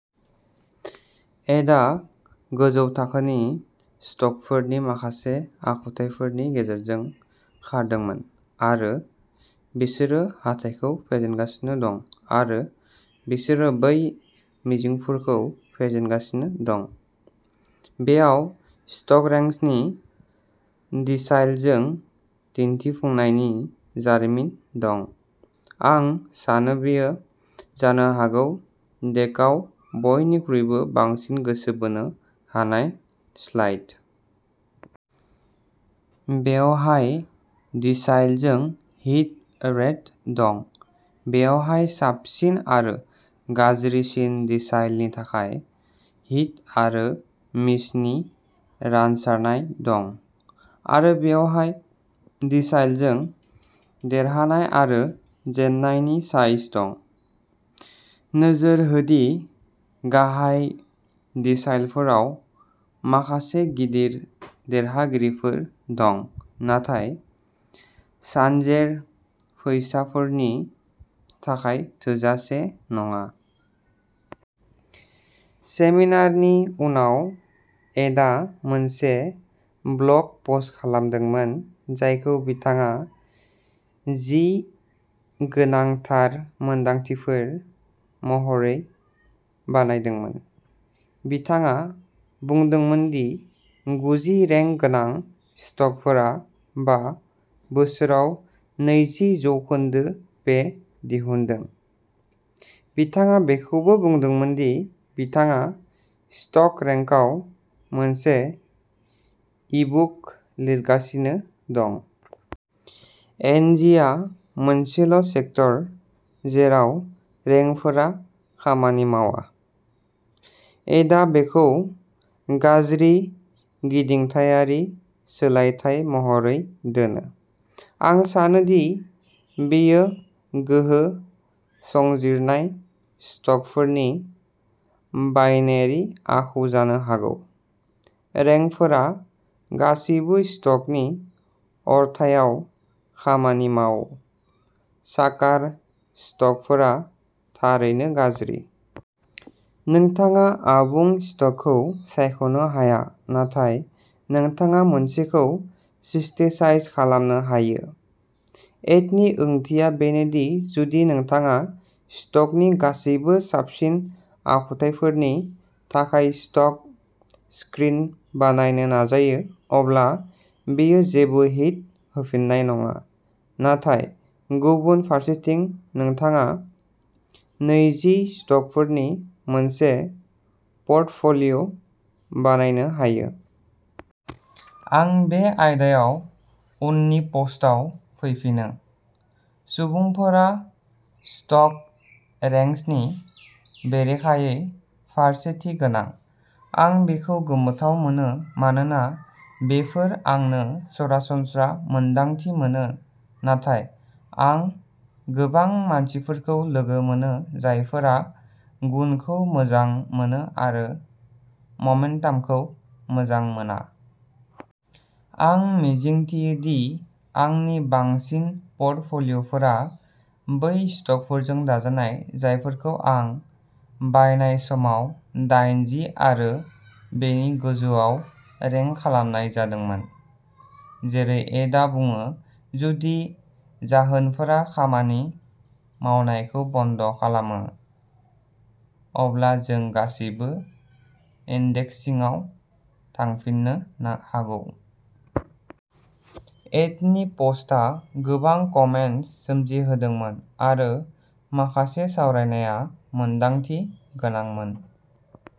एडआ गोजौ थाखोनि स्टकफोरनि माखासे आखुथायफोरनि गेजेरजों खारदोंमोन आरो बिसोरो हाथाइखौ फेजेनगासिनो दं आरो बिसोरो बै मिजिंफोरखौ फेजेनगासिनो दं। बेयाव स्टकरेंक्सनि डिसाइलजों दिन्थिफुंनायनि जारिमिन दं। आं सानो बेयो जानो हागौ डेकआव बयनिख्रुइबो बांसिन गोसो बोनो हानाय स्लाइड। बेवहाय डिसाइलजों हिट रेट दं। बेवहाय साबसिन आरो गाज्रिसिन डिसाइलनि थाखाय हिट आरो मिसनि रानसारनाय दं आरो बेवहाय डिसाइलजों देरहानाय आरो जेननायनि साइज दं। नोजोर हो दि गाहाय दिसाइलफोराव माखासे गिदिर देरहागिरिफोर दं, नाथाय सानजेर फैसाफोरनि थाखाय थोजासे नङा। सेमिनारनि उनाव, एडआ मोनसे ब्लग पस्ट लिरदोंमोन जायखौ बिथाङा जि गोनांथार मोनदांथिफोर महरै बानायदोंमोन। बिथाङा बुंदोंमोन दि गुजि रेंक गोनां स्टकफोरा बा बोसोराव नैजि जौखोनदो पे दिहुनदों। बिथाङा बेखौबो बुंदोंमोन दि बिथाङा स्टक रेंक्सआव मोनसे ईबुक लिरगासिनो दं। एनजिया मोनसेल' सेक्टर जेराव रेंकफोरा खामानि मावा। एडआ बेखौ गाज्रि गिदिंथायारि सोलायथाय महरै दोनो। आं सानो दि बेयो गोहो संजिरनाय स्टकफोरनि बाइनेरि आखु जानो हागौ। रेंकफोरा गासैबो स्टकनि अरथायाव खामानि मावो। साकार स्टकफोरा थारैनो गाज्रि। नोंथाङा आबुं स्टकखौ सायख'नो हाया नाथाय नोंथाङा मोनसेखौ सिस्टेसाइज खालामनो हायो। एडनि ओंथिया बेनो दि जुदि नोंथाङा स्टकनि गासैबो साबसिन आखुथायफोरनि थाखाय स्टक स्क्रिन बानायनो नाजायो अब्ला बेयो जेबो हिट होफिननाय नङा। नाथाय गुबुन फारसेथिं, नोंथाङा नैजि स्टकफोरनि मोनसे प'र्टफ'लिय' बानायनो हायो। आं बे आयदायाव उननि पस्टआव फैफिनो। सुबुंफोरा स्टक रेंक्सनि बेरेखायै फारसेथि गोनां। आं बेखौ गोमोथाव मोनो मानोना बेफोर आंनो सरासनस्रा मोनदांथि मोनो नाथाय आं गोबां मानसिफोरखौ लोगो मोनो जायफोरा गुनखौ मोजां मोनो आरो ममेन्टामखौ मोजां मोना। आं मिजिंथियो दि आंनि बांसिन प'र्टफ'लिय'फोरा बै स्टकफोरजों दाजानाय जायफोरखौ आं बायनाय समाव दाइनजि आरो बेनि गोजौआव रेंक खालामनाय जादोंमोन। जेरै एडआ बुङो, जुदि जाहोनफोरा खामानि मावनायखौ बन्द' खालामो, अब्ला जों गासैबो इन्डेक्सिंआव थांफिननो हागौ। एडनि प'स्टआ गोबां कमेन्ट्स सोमजिहोदोंमोन, आरो माखासे सावरायनाया मोनदांथि गोनांमोन।